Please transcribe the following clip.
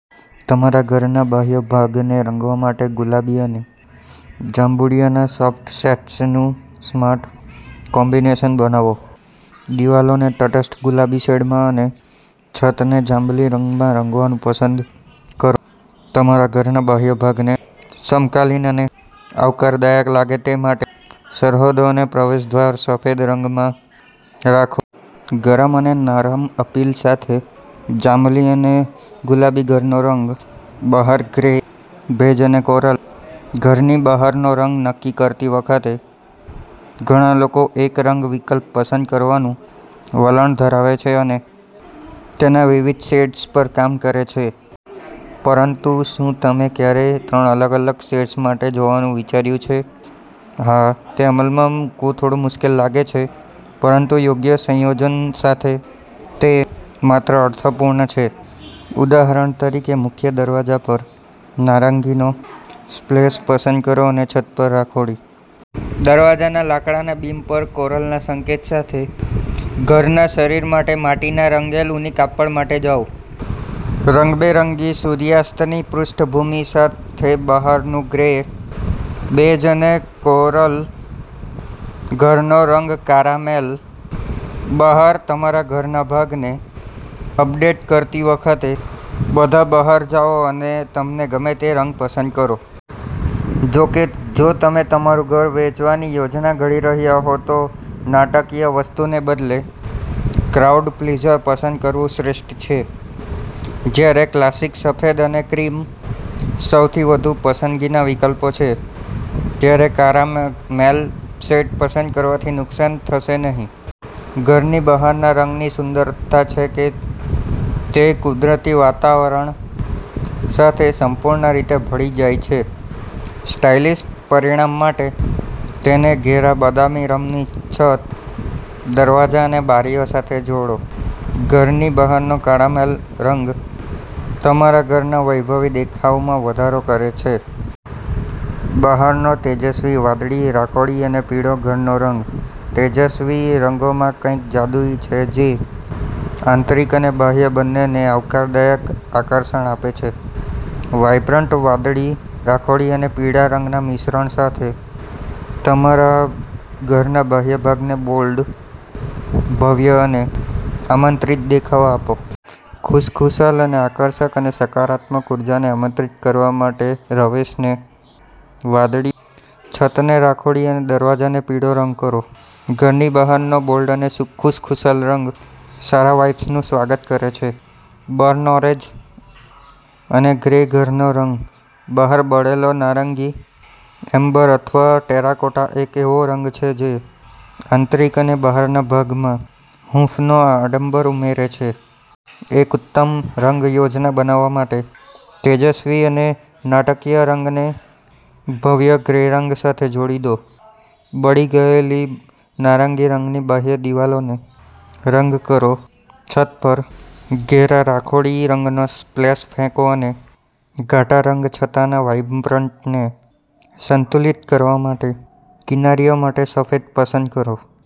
તમારા ઘરના બાહ્ય ભાગને રંગવા માટે ગુલાબી અને જાંબુડિયાના સોફ્ટ શેડ્સનું સ્માર્ટ કોમ્બિનેશન બનાવો. દિવાલોને તટસ્થ ગુલાબી શેડમાં અને છતને જાંબલી રંગમાં રંગવાનું પસંદ કરો. તમારા ઘરના બાહ્ય ભાગને સમકાલીન અને આવકારદાયક લાગે તે માટે સરહદો અને પ્રવેશ દ્વાર સફેદ રંગમાં રાખો. ગરમ અને નરમ અપીલ સાથે જાંબલી અને ગુલાબી ઘરનો રંગ. બહાર ગ્રે, બેજ અને કોરલ. ઘરની બહારનો રંગ નક્કી કરતી વખતે ઘણા લોકો એક રંગ વિકલ્પ પસંદ કરવાનું વલણ ધરાવે છે અને તેના વિવિધ શેડ્સ પર કામ કરે છે. પરંતુ શું તમે ક્યારેય ત્રણ અલગ-અલગ શેડ્સ માટે જવાનું વિચાર્યું છે? હા, તે અમલમાં મૂકવું થોડું મુશ્કેલ લાગે છે, પરંતુ યોગ્ય સંયોજન સાથે તે માત્ર અર્થપૂર્ણ છે. ઉદાહરણ તરીકે, મુખ્ય દરવાજા પર નારંગીનો સ્પ્લેશ પસંદ કરો અને છત પર રાખોડી. દરવાજાના લાકડાના બીમ પર કોરલના સંકેત સાથે ઘરના શરીર માટે માટીના રંગેલું ઊની કાપડ માટે જાઓ. રંગબેરંગી સૂર્યાસ્તની પૃષ્ઠભૂમિ સાથે બહારનો ગ્રે, બેજ અને કોરલ ઘરનો રંગ કારામેલ. બહાર તમારા ઘરના બાહ્ય ભાગને અપડેટ કરતી વખતે બધા બહાર જાઓ અને તમને ગમે તે રંગ પસંદ કરો. જો કે, જો તમે તમારું ઘર વેચવાની યોજના ઘડી રહ્યા હો તો નાટકીય વસ્તુને બદલે ક્રાઉડ-પ્લીઝર પસંદ કરવું શ્રેષ્ઠ છે. જ્યારે ક્લાસિક સફેદ અને ક્રીમ સૌથી વધુ પસંદગીના વિકલ્પો છે, ત્યારે કારામેલ શેડ પસંદ કરવાથી નુકસાન થશે નહીં. ઘરની બહારના રંગની સુંદરતાછે કે તે કુદરતી વાતાવરણ સાથે સંપૂર્ણ રીતે ભળી જાય છે. સ્ટાઇલિશ પરિણામ માટે તેને ઘેરા બદામી રંગની છત, દરવાજા અને બારીઓ સાથે જોડો. ઘરની બહારનો કારામેલ રંગ તમારા ઘરના વૈભવી દેખાવમાં વધારો કરે છે. બહારનો તેજસ્વી વાદળી, રાખોડી અને પીળો ઘરનો રંગ તેજસ્વી રંગોમાં કંઈક જાદુઈ છે જે આંતરિક અને બાહ્ય બંનેને આવકારદાયક આકર્ષણ આપે છે. વાઇબ્રન્ટ વાદળી, રાખોડી અને પીળા રંગના મિશ્રણ સાથે તમારા ઘરના બાહ્ય ભાગને બોલ્ડ, ભવ્ય અને આમંત્રિત દેખાવ આપો. ખુશખુશાલ અને આકર્ષક અને સકારાત્મક ઊર્જાને આમંત્રિત કરવા માટે રવેશને વાદળી, છતને રાખોડી અને દરવાજાને પીળો રંગ કરો. ઘરની બહારનો બોલ્ડ અને ખુશખુશાલ રંગ સારા વાઇબ્સનું સ્વાગત કરે છે. બર્ન ઓરેન્જ અને ગ્રે ઘરનો રંગ બહાર બળેલો નારંગી, એમ્બર અથવા ટેરાકોટા એક એવો રંગ છે જે આંતરિક અને બહારના ભાગમાં હૂંફનો આડંબર ઉમેરે છે. એક ઉત્તમ રંગ યોજના બનાવવા માટે તેજસ્વી અને નાટકીય રંગને ભવ્ય ગ્રે રંગ સાથે જોડી દો. બળી ગયેલી નારંગી રંગની બાહ્ય દિવાલોને રંગ કરો, છત પર ઘેરા રાખોડી રંગનો સ્પ્લેશ ફેંકો અને ઘાટા રંગ છટાના વાઇબ્રન્સને સંતુલિત કરવા માટે કિનારીઓ માટે સફેદ પસંદ કરો.